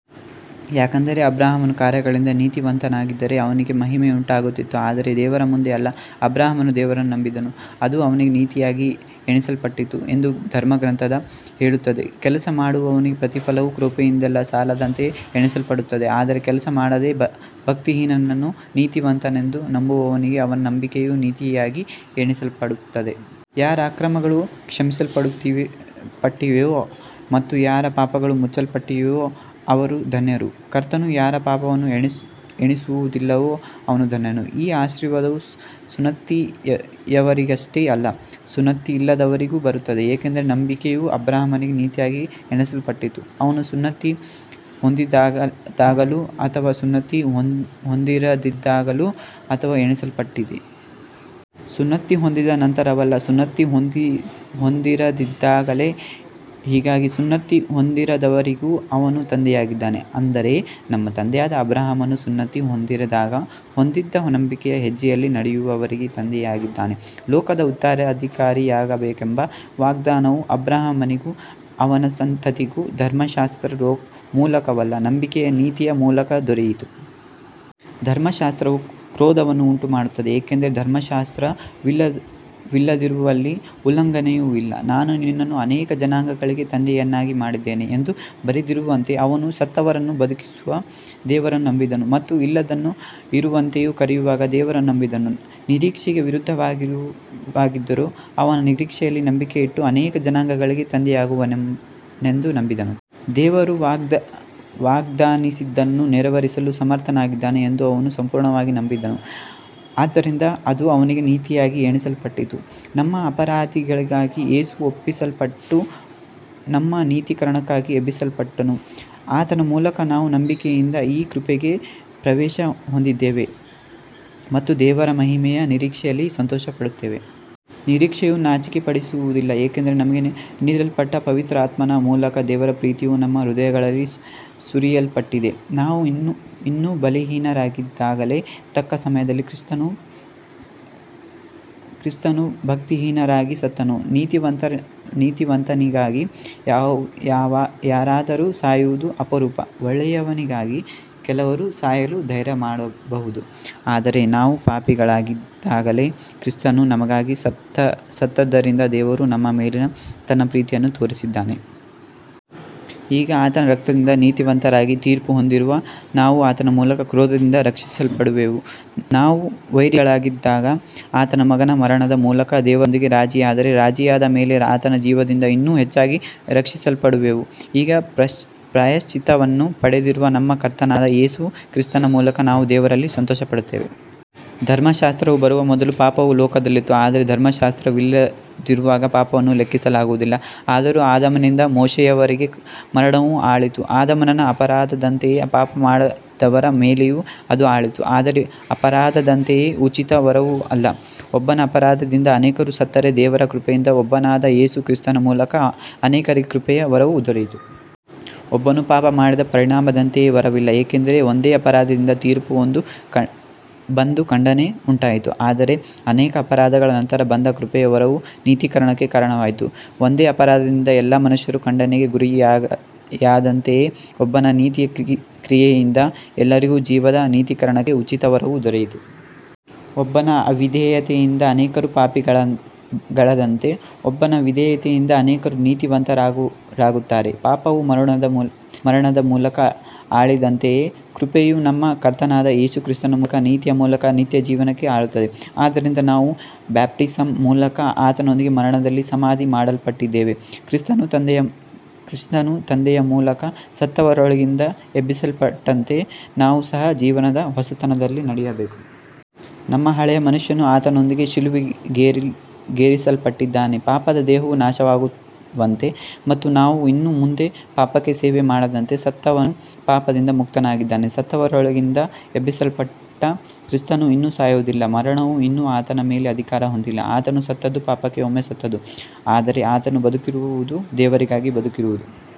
ಯಾಕಂದರೆ ಅಬ್ರಹಾಮನು ಕಾರ್ಯಗಳಿಂದ ನೀತಿವಂತನಾಗಿದ್ದರೆ ಅವನಿಗೆ ಮಹಿಮೆಯುಂಟಾಗುತ್ತಿತ್ತು, ಆದರೆ ದೇವರ ಮುಂದೆ ಅಲ್ಲ. ಅಬ್ರಹಾಮನು ದೇವರನ್ನು ನಂಬಿದನು, ಅದು ಅವನಿಗೆ ನೀತಿಯಾಗಿ ಎಣಿಸಲ್ಪಟ್ಟಿತು ಎಂದು ಧರ್ಮಗ್ರಂಥವು ಹೇಳುತ್ತದೆ. ಕೆಲಸ ಮಾಡುವವನಿಗೆ ಪ್ರತಿಫಲವು ಕೃಪೆಯಿಂದಲ್ಲ, ಸಾಲದಂತೆ ಎಣಿಸಲ್ಪಡುತ್ತದೆ. ಆದರೆ ಕೆಲಸ ಮಾಡದೆ, ಭಕ್ತಿಹೀನನನ್ನು ನೀತಿವಂತನೆಂದು ನಂಬುವವನಿಗೆ ಅವನ ನಂಬಿಕೆಯು ನೀತಿಯಾಗಿ ಎಣಿಸಲ್ಪಡುತ್ತದೆ. ಯಾರ ಅಕ್ರಮಗಳು ಕ್ಷಮಿಸಲ್ಪಟ್ಟಿವೆಯೋ ಮತ್ತು ಯಾರ ಪಾಪಗಳು ಮುಚ್ಚಲ್ಪಟ್ಟಿವೆಯೋ ಅವರು ಧನ್ಯರು. ಕರ್ತನು ಯಾರ ಪಾಪವನ್ನು ಎಣಿಸುವುದಿಲ್ಲವೋ ಅವನು ಧನ್ಯನು. ಈ ಆಶೀರ್ವಾದವು ಸುನ್ನತಿಯವರಿಗಷ್ಟೇ ಅಲ್ಲ, ಸುನ್ನತಿಯಿಲ್ಲದವರಿಗೂ ಬರುತ್ತದೆ, ಏಕೆಂದರೆ ನಂಬಿಕೆಯು ಅಬ್ರಹಾಮನಿಗೆ ನೀತಿಯಾಗಿ ಎಣಿಸಲ್ಪಟ್ಟಿತು. ಅವನು ಸುನ್ನತಿ ಹೊಂದಿದ್ದಾಗಲೋ ಅಥವಾ ಸುನ್ನತಿ ಹೊಂದಿರದಿದ್ದಾಗಲೋ ಅದು ಎಣಿಸಲ್ಪಟ್ಟಿತೇ. ಸುನ್ನತಿ ಹೊಂದಿದ ನಂತರವಲ್ಲ, ಸುನ್ನತಿ ಹೊಂದಿರದಿದ್ದಾಗಲೇ. ಹೀಗಾಗಿ ಸುನ್ನತಿ ಹೊಂದಿರದವರಿಗೂ ಅವನು ತಂದೆಯಾಗಿದ್ದಾನೆ, ಅಂದರೆ ನಮ್ಮ ತಂದೆಯಾದ ಅಬ್ರಹಾಮನು ಸುನ್ನತಿ ಹೊಂದಿರದಾಗ ಹೊಂದಿದ್ದ ನಂಬಿಕೆಯ ಹೆಜ್ಜೆಯಲ್ಲಿ ನಡೆಯುವವರಿಗೆ ತಂದೆಯಾಗಿದ್ದಾನೆ. ಲೋಕದ ಉತ್ತರಾಧಿಕಾರಿಯಾಗಬೇಕೆಂಬ ವಾಗ್ದಾನವು ಅಬ್ರಹಾಮನಿಗೂ ಅವನ ಸಂತತಿಗೂ ಧರ್ಮಶಾಸ್ತ್ರದ ಮೂಲಕವಲ್ಲ, ನಂಬಿಕೆಯ ನೀತಿಯ ಮೂಲಕ ದೊರೆಯಿತು. ಧರ್ಮಶಾಸ್ತ್ರವು ಕ್ರೋಧವನ್ನು ಉಂಟುಮಾಡುತ್ತದೆ, ಏಕೆಂದರೆ ಧರ್ಮಶಾಸ್ತ್ರವಿಲ್ಲದಿರುವಲ್ಲಿ ಉಲ್ಲಂಘನೆಯೂ ಇಲ್ಲ. ನಾನು ನಿನ್ನನ್ನು ಅನೇಕ ಜನಾಂಗಗಳಿಗೆ ತಂದೆಯನ್ನಾಗಿ ಮಾಡಿದ್ದೇನೆ ಎಂದು ಬರೆದಿರುವಂತೆ, ಅವನು ಸತ್ತವರನ್ನು ಬದುಕಿಸುವ ದೇವರನ್ನು ನಂಬಿದನು ಮತ್ತು ಇಲ್ಲದ್ದನ್ನು ಇರುವಂತೆಯೇ ಕರೆಯುವ ದೇವರನ್ನು ನಂಬಿದನು. ನಿರೀಕ್ಷೆಗೆ ವಿರುದ್ಧವಾಗಿದ್ದರೂ, ಅವನು ನಿರೀಕ್ಷೆಯಲ್ಲಿ ನಂಬಿಕೆಯಿಟ್ಟು ಅನೇಕ ಜನಾಂಗಗಳಿಗೆ ತಂದೆಯಾಗುವನೆಂದು ನಂಬಿದನು. ದೇವರು ವಾಗ್ದಾನಿಸಿದ್ದನ್ನು ನೆರವೇರಿಸಲು ಸಮರ್ಥನಾಗಿದ್ದಾನೆ ಎಂದು ಅವನು ಸಂಪೂರ್ಣವಾಗಿ ನಂಬಿದನು. ಆದ್ದರಿಂದ ಅದು ಅವನಿಗೆ ನೀತಿಯಾಗಿ ಎಣಿಸಲ್ಪಟ್ಟಿತು. ನಮ್ಮ ಅಪರಾಧಗಳಿಗಾಗಿ ಯೇಸು ಒಪ್ಪಿಸಲ್ಪಟ್ಟು, ನಮ್ಮ ನೀತೀಕರಣಕ್ಕಾಗಿ ಎಬ್ಬಿಸಲ್ಪಟ್ಟನು. ಆತನ ಮೂಲಕ ನಾವು ನಂಬಿಕೆಯಿಂದ ಈ ಕೃಪೆಗೆ ಪ್ರವೇಶ ಹೊಂದಿದ್ದೇವೆ ಮತ್ತು ದೇವರ ಮಹಿಮೆಯ ನಿರೀಕ್ಷೆಯಲ್ಲಿ ಸಂತೋಷಪಡುತ್ತೇವೆ. ನಿರೀಕ್ಷೆಯು ನಾಚಿಕೆಪಡಿಸುವುದಿಲ್ಲ, ಏಕೆಂದರೆ ನಮಗೆ ನೀಡಲ್ಪಟ್ಟ ಪವಿತ್ರಾತ್ಮನ ಮೂಲಕ ದೇವರ ಪ್ರೀತಿಯು ನಮ್ಮ ಹೃದಯಗಳಲ್ಲಿ ಸುರಿಯಲ್ಪಟ್ಟಿದೆ. ನಾವು ಇನ್ನೂ ಬಲಹೀನರಾಗಿದ್ದಾಗಲೇ, ತಕ್ಕ ಸಮಯದಲ್ಲಿ ಕ್ರಿಸ್ತನು ಭಕ್ತಿಹೀನರಿಗಾಗಿ ಸತ್ತನು. ನೀತಿವಂತನಿಗಾಗಿ ಯಾರಾದರೂ ಸಾಯುವುದು ಅಪರೂಪ, ಒಳ್ಳೆಯವನಿಗಾಗಿ ಕೆಲವರು ಸಾಯಲು ಧೈರ್ಯಮಾಡಬಹುದು. ಆದರೆ ನಾವು ಪಾಪಿಗಳಾಗಿದ್ದಾಗಲೇ ಕ್ರಿಸ್ತನು ನಮಗಾಗಿ ಸತ್ತದ್ದರಿಂದ ದೇವರು ನಮ್ಮ ಮೇಲಿನ ತನ್ನ ಪ್ರೀತಿಯನ್ನು ತೋರಿಸಿದ್ದಾನೆ. ಈಗ ಆತನ ರಕ್ತದಿಂದ ನೀತಿವಂತರಾಗಿ ತೀರ್ಪು ಹೊಂದಿರುವ ನಾವು ಆತನ ಮೂಲಕ ಕ್ರೋಧದಿಂದ ರಕ್ಷಿಸಲ್ಪಡುವೆವು. ನಾವು ವೈರಿಗಳಾಗಿದ್ದಾಗ ಆತನ ಮಗನ ಮರಣದ ಮೂಲಕ ದೇವರೊಂದಿಗೆ ರಾಜಿಯಾದರೆ, ರಾಜಿಯಾದ ಮೇಲೆ ಆತನ ಜೀವದಿಂದ ಇನ್ನೂ ಹೆಚ್ಚಾಗಿ ರಕ್ಷಿಸಲ್ಪಡುವೆವು. ಈಗ ಪ್ರಾಯಶ್ಚಿತ್ತವನ್ನು ಪಡೆದಿರುವ ನಮ್ಮ ಕರ್ತನಾದ ಯೇಸು ಕ್ರಿಸ್ತನ ಮೂಲಕ ನಾವು ದೇವರಲ್ಲಿ ಸಂತೋಷಪಡುತ್ತೇವೆ. ಧರ್ಮಶಾಸ್ತ್ರವು ಬರುವ ಮೊದಲು ಪಾಪವು ಲೋಕದಲ್ಲಿತ್ತು, ಆದರೆ ಧರ್ಮಶಾಸ್ತ್ರವಿಲ್ಲದಿರುವಾಗ ಪಾಪವನ್ನು ಲೆಕ್ಕಿಸಲಾಗುವುದಿಲ್ಲ. ಆದರೂ ಆದಾಮನಿಂದ ಮೋಶೆಯವರೆಗೆ ಮರಣವು ಆಳಿತು, ಆದಾಮನ ಅಪರಾಧದಂತೆಯೇ ಪಾಪಮಾಡದವರ ಮೇಲೆಯೂ ಅದು ಆಳಿತು. ಆದರೆ ಅಪರಾಧದಂತೆಯೇ ಉಚಿತ ವರವೂ ಅಲ್ಲ. ಒಬ್ಬನ ಅಪರಾಧದಿಂದ ಅನೇಕರು ಸತ್ತರೆ, ದೇವರ ಕೃಪೆಯಿಂದ ಒಬ್ಬನಾದ ಯೇಸು ಕ್ರಿಸ್ತನ ಮೂಲಕ ಅನೇಕರಿಗೆ ಕೃಪೆಯ ವರವು ದೊರೆಯಿತು. ಒಬ್ಬನು ಪಾಪಮಾಡಿದ ಪರಿಣಾಮದಂತೆಯೇ ವರವಿಲ್ಲ, ಏಕೆಂದರೆ ಒಂದೇ ಅಪರಾಧದಿಂದ ತೀರ್ಪು ಬಂದು ಖಂಡನೆ ಉಂಟಾಯಿತು, ಆದರೆ ಅನೇಕ ಅಪರಾಧಗಳ ನಂತರ ಬಂದ ಕೃಪೆಯ ವರವು ನೀತೀಕರಣಕ್ಕೆ ಕಾರಣವಾಯಿತು. ಒಂದೇ ಅಪರಾಧದಿಂದ ಎಲ್ಲ ಮನುಷ್ಯರು ಖಂಡನೆಗೆ ಗುರಿಯಾದಂತೆಯೇ, ಒಬ್ಬನ ನೀತಿಯ ಕ್ರಿಯೆಯಿಂದ ಎಲ್ಲರಿಗೂ ಜೀವದ ನೀತೀಕರಣಕ್ಕೆ ಉಚಿತ ವರವು ದೊರೆಯಿತು. ಒಬ್ಬನ ಅವಿಧೇಯತೆಯಿಂದ ಅನೇಕರು ಪಾಪಿಗಳಾದಂತೆ, ಒಬ್ಬನ ವಿಧೇಯತೆಯಿಂದ ಅನೇಕರು ನೀತಿವಂತರಾಗುತ್ತಾರೆ. ಪಾಪವು ಮರಣದ ಮೂಲಕ ಆಳಿದಂತೆಯೇ, ಕೃಪೆಯು ನಮ್ಮ ಕರ್ತನಾದ ಯೇಸು ಕ್ರಿಸ್ತನ ಮೂಲಕ ನೀತಿಯ ಮೂಲಕ ನಿತ್ಯಜೀವಕ್ಕೆ ಆಳುತ್ತದೆ. ಆದ್ದರಿಂದ ನಾವು ಬ್ಯಾಪ್ಟಿಸಮ್ ಮೂಲಕ ಆತನೊಂದಿಗೆ ಮರಣದಲ್ಲಿ ಸಮಾಧಿ ಮಾಡಲ್ಪಟ್ಟಿದ್ದೇವೆ, ಕ್ರಿಸ್ತನು ತಂದೆಯ ಮಹಿಮೆಯಿಂದ ಸತ್ತವರೊಳಗಿಂದ ಎಬ್ಬಿಸಲ್ಪಟ್ಟಂತೆ ನಾವು ಸಹ ಜೀವನದ ಹೊಸತನದಲ್ಲಿ ನಡೆಯಬೇಕು. ನಮ್ಮ ಹಳೆಯ ಮನುಷ್ಯನು ಆತನೊಂದಿಗೆ ಶಿಲುಬೆಗೇರಿಸಲ್ಪಟ್ಟಿದ್ದಾನೆ, ಪಾಪದ ದೇಹವು ನಾಶವಾಗುವಂತೆ ಮತ್ತು ನಾವು ಇನ್ನು ಮುಂದೆ ಪಾಪಕ್ಕೆ ಸೇವೆ ಮಾಡದಂತೆ. ಸತ್ತವನು ಪಾಪದಿಂದ ಮುಕ್ತನಾಗಿದ್ದಾನೆ. ಸತ್ತವರೊಳಗಿಂದ ಎಬ್ಬಿಸಲ್ಪಟ್ಟ ಕ್ರಿಸ್ತನು ಇನ್ನು ಸಾಯುವುದಿಲ್ಲ, ಮರಣವು ಇನ್ನು ಆತನ ಮೇಲೆ ಅಧಿಕಾರ ಹೊಂದಿಲ್ಲ. ಆತನು ಸತ್ತದ್ದು ಪಾಪಕ್ಕೆ ಒಮ್ಮೆ ಸತ್ತದ್ದು, ಆದರೆ ಆತನು ಬದುಕಿರುವುದು ದೇವರಿಗಾಗಿ ಬದುಕಿರುವುದು.